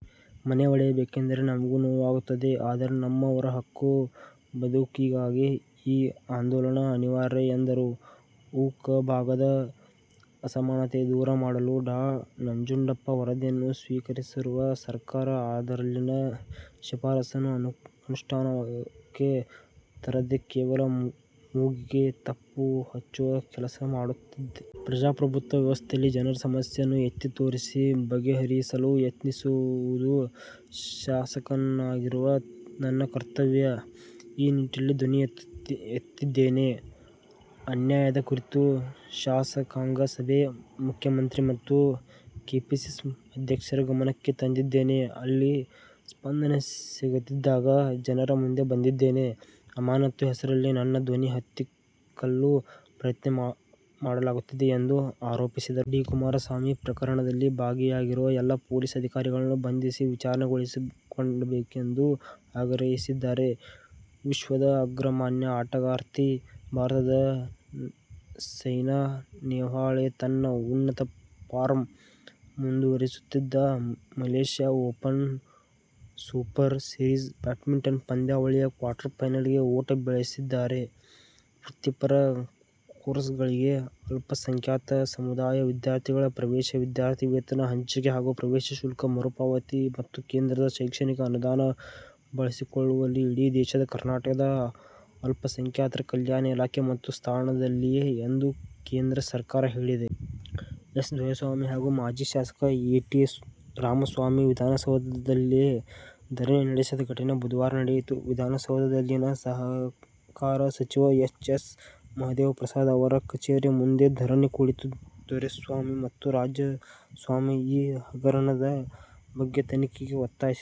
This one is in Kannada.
ಮನೆ ಒಡೆಯಬೇಕೆಂದರೆ ನಮಗೂ ನೋವಾಗುತ್ತದೆ. ಆದರೆ, ನಮ್ಮವರ ಹಕ್ಕು, ಬದುಕಿಗಾಗಿ ಈ ಆಂದೋಲನ ಅನಿವಾರ್ಯ' ಎಂದರು. ಉ. ಕ ಭಾಗದ ಅಸಮಾನತೆ ದೂರ ಮಾಡಲು ಡಾ. ನಂಜುಂಡಪ್ಪ ವರದಿಯನ್ನು ಸ್ವೀಕರಿಸಿರುವ ಸರ್ಕಾರ ಅದರಲ್ಲಿನ ಶಿಫಾರಸುಗಳನ್ನು ಅನುಷ್ಠಾನಕ್ಕೆ ತರದೇ ಕೇವಲ ಮೂಗಿಗೆ ತುಪ್ಪ ಹಚ್ಚುವ ಕೆಲಸ ಮಾಡುತ್ತಿದೆ. ಪ್ರಜಾಪ್ರಭುತ್ವ ವ್ಯವಸ್ಥೆಯಲ್ಲಿ ಜನರ ಸಮಸ್ಯೆಯನ್ನು ಎತ್ತಿ ತೋರಿಸಿ, ಬಗೆಹರಿಸಲು ಯತ್ನಿಸುವುದು ಶಾಸಕನಾಗಿರುವ ನನ್ನ ಕರ್ತವ್ಯ. ಈ ನಿಟ್ಟಿನಲ್ಲಿ ಧ್ವನಿ ಎತ್ತಿದ್ದೇನೆ. ಅನ್ಯಾಯದ ಕುರಿತು ಶಾಸಕಾಂಗ ಸಭೆ, ಮುಖ್ಯಮಂತ್ರಿ ಮತ್ತು ಕೆಪಿಸಿಸಿ ಅಧ್ಯಕ್ಷರ ಗಮನಕ್ಕೆ ತಂದಿದ್ದೇನೆ. ಅಲ್ಲಿ ಸ್ಪಂದನೆ ಸಿಗದಿದ್ದಾಗ ಜನರ ಮುಂದೆ ಬಂದಿದ್ದೇನೆ. ಅಮಾನತು ಹೆಸರಿನಲ್ಲಿ ನನ್ನ ಧ್ವನಿ ಹತ್ತಿಕ್ಕಲು ಪ್ರಯತ್ನ ಮಾಡಲಾಗುತ್ತಿದೆ' ಎಂದು ಆರೋಪಿಸಿದರು. ಡಿ. ಕುಮಾರಸ್ವಾಮಿ, ಪ್ರಕರಣದಲ್ಲಿ ಭಾಗಿಯಾಗಿರುವ ಎಲ್ಲ ಪೊಲೀಸ್ ಅಧಿಕಾರಿಗಳನ್ನು ಬಂಧಿಸಿ ವಿಚಾರಣೆಗೊಳಪಡಿಸಬೇಕು ಎಂದು ಆಗ್ರಹಿಸಿದ್ದಾರೆ. ವಿಶ್ವದ ಅಗ್ರಮಾನ್ಯ ಆಟಗಾರ್ತಿ ಭಾರತದ ಸೈನಾ ನೆಹ್ವಾಲ್ ತನ್ನ ಉನ್ನತ ಫಾರ್ಮ್ ಮುಂದುವರಿಸುತ್ತಿದ್ದು, Malaysia Open Super Series badminton ಪಂದ್ಯಾವಳಿಯ ಕ್ವಾರ್ಟರ್ ಫೈನಲ್ಗೆ ಓಟ ಬೆಳೆಸಿದ್ದಾರೆ. ವೃತ್ತಿಪರ ಕೋರ್ಸ್ಗಳಿಗೆ ಅಲ್ಪಸಂಖ್ಯಾತ ಸಮುದಾಯದ ವಿದ್ಯಾರ್ಥಿಗಳ ಪ್ರವೇಶ, ವಿದ್ಯಾರ್ಥಿ ವೇತನ ಹಂಚಿಕೆ ಹಾಗೂ ಪ್ರವೇಶ ಶುಲ್ಕ ಮರುಪಾವತಿ ಮತ್ತು ಕೇಂದ್ರದ ಶೈಕ್ಷಣಿಕ ಅನುದಾನ ಬಳಸಿಕೊಳ್ಳುವಲ್ಲಿ ಇಡೀ ದೇಶದಲ್ಲಿ ಕರ್ನಾಟಕದ ಅಲ್ಪಸಂಖ್ಯಾತರ ಕಲ್ಯಾಣ ಇಲಾಖೆ ಪ್ರಥಮ ಸ್ಥಾನದಲ್ಲಿದೆ ಎಂದು ಕೇಂದ್ರ ಸರ್ಕಾರ ಹೇಳಿದೆ. ಎಸ್ ದೊರೆಸ್ವಾಮಿ ಹಾಗೂ ಮಾಜಿ ಶಾಸಕ ಎ. ಟಿ. ರಾಮಸ್ವಾಮಿ ವಿಧಾನಸೌಧದಲ್ಲೇ ಧರಣಿ ನಡೆಸಿದ ಘಟನೆ ಬುಧವಾರ ನಡೆಯಿತು. ವಿಧಾನಸೌಧದಲ್ಲಿನ ಸಹಕಾರ ಸಚಿವ ಎಚ್. ಎಸ್. ಮಹದೇವ ಪ್ರಸಾದ್ ಅವರ ಕಚೇರಿ ಮುಂದೆ ಧರಣಿ ಕುಳಿತ ದೊರೆಸ್ವಾಮಿ ಮತ್ತು ರಾಮಸ್ವಾಮಿ ಈ ಹಗರಣದ ಬಗ್ಗೆ ತನಿಖೆಗೆ ಒತ್ತಾಯಿಸಿದರು.